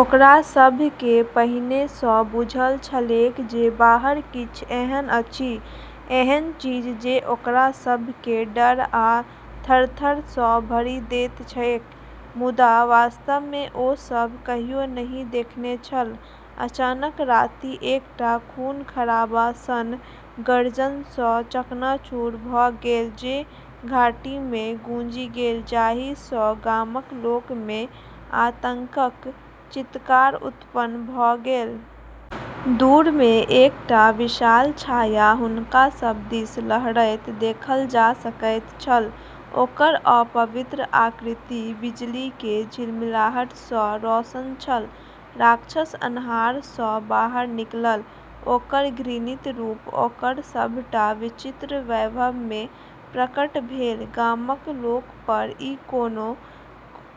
ओकरा सभकेँ पहिनेसँ बुझल छलैक जे बाहर किछ एहन अछि, एहन चीज जे ओकरा सभकेँ डर आ थरथरसँ भरि दैत छैक, मुदा वास्तवमे ओ सभ कहियो नहि देखने छल। अचानक राति एकटा खून-खराबा सन गर्जन सँ चकनाचूर भ' गेल जे घाटीमे गूँजि गेल, जाहि सँ गामक लोकमे आतंकक चीत्कार उत्पन्न भ' गेल। दूरमे एकटा विशाल छाया हुनका सब दिस लहरैत देखल जा सकैत छल, ओकर अपवित्र आकृति बिजलीके झिलमिलाहटसँ रोशन छल। राक्षस अन्हारसँ बाहर निकलल, ओकर घृणित रूप ओकर सभटा विचित्र वैभवमे प्रकट भेल। गामक लोक पर ई कोनो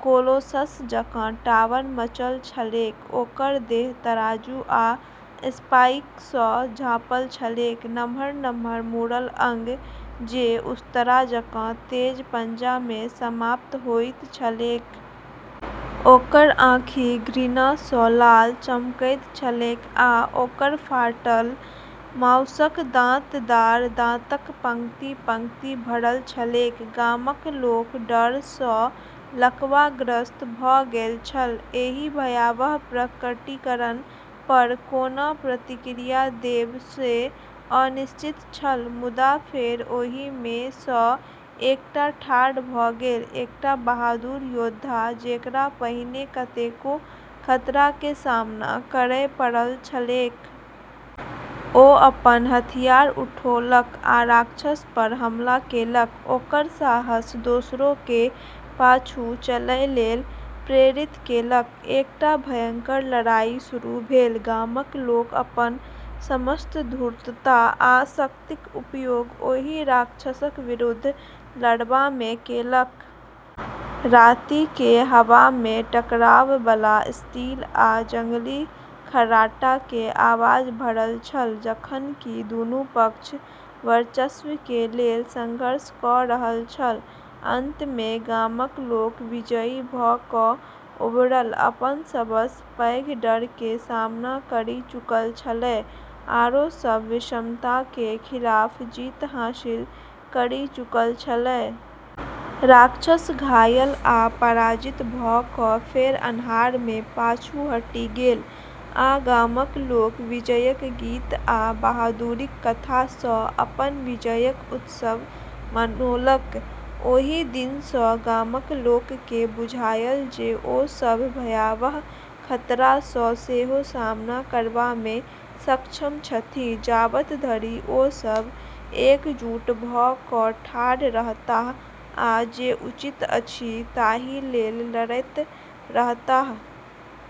कोलोसस जकाँ टावर-मचल छलैक, ओकर देह तराजू आ स्पाइकसँ झाँपल छलैक, नम्हर-नम्हर मुड़ल अंग जे उस्तरा जकाँ तेज पंजामे समाप्त होइत छलैक। ओकर आँखि घृणासँ लाल चमकैत छलैक आ ओकर फाटल माउसक दाँतदार दाँतक पंक्ति-पंक्ति भरल छलैक। गामक लोक डरसँ लकवाग्रस्त भ' गेल छल, एहि भयावह प्रकटीकरण पर कोना प्रतिक्रिया देब से अनिश्चित छल। मुदा फेर, ओहिमे सँ एकटा ठाढ़ भ' गेल, एकटा बहादुर योद्धा जेकरा पहिने कतेको खतराके सामना करय पड़ल छलैक। ओ अपन हथियार उठौलक आ राक्षस पर हमला केलक, ओकर साहस दोसरोके पाछू चलय लेल प्रेरित केलक। एकटा भयंकर लड़ाइ शुरू भेल, गामक लोक अपन समस्त धूर्तता आ शक्तिक उपयोग ओहि राक्षसक विरुद्ध लड़बामे केलक। रातिके हवा में टकरावबला स्टील आ जंगली खर्राटाके आवाज भरल छल, जखन कि दुनू पक्ष वर्चस्वके लेल संघर्ष क' रहल छल। अंतमे गामक लोक विजयी भ' क' उभरल। अपन सबसँ पैघ डरके सामना करि चुकल छलै, आरो सब विषमताके खिलाफ जीत हासिल करि चुकल छलै। राक्षस घायल आ पराजित भ' क' फेर अन्हारमे पाछू हटि गेल आ गामक लोक विजयक गीत आ बहादुरीक कथासँ अपन विजयक उत्सव मनौलक। ओहि दिनसँ गामक लोककेँ बुझायल जे ओ सभ भयावह खतरासँ सेहो सामना करबामे सक्षम छथि, जाबत धरि ओ सब एकजुट भ' क' ठाढ़ रहताह आ जे उचित अछि ताहि लेल लड़ैत रहताह।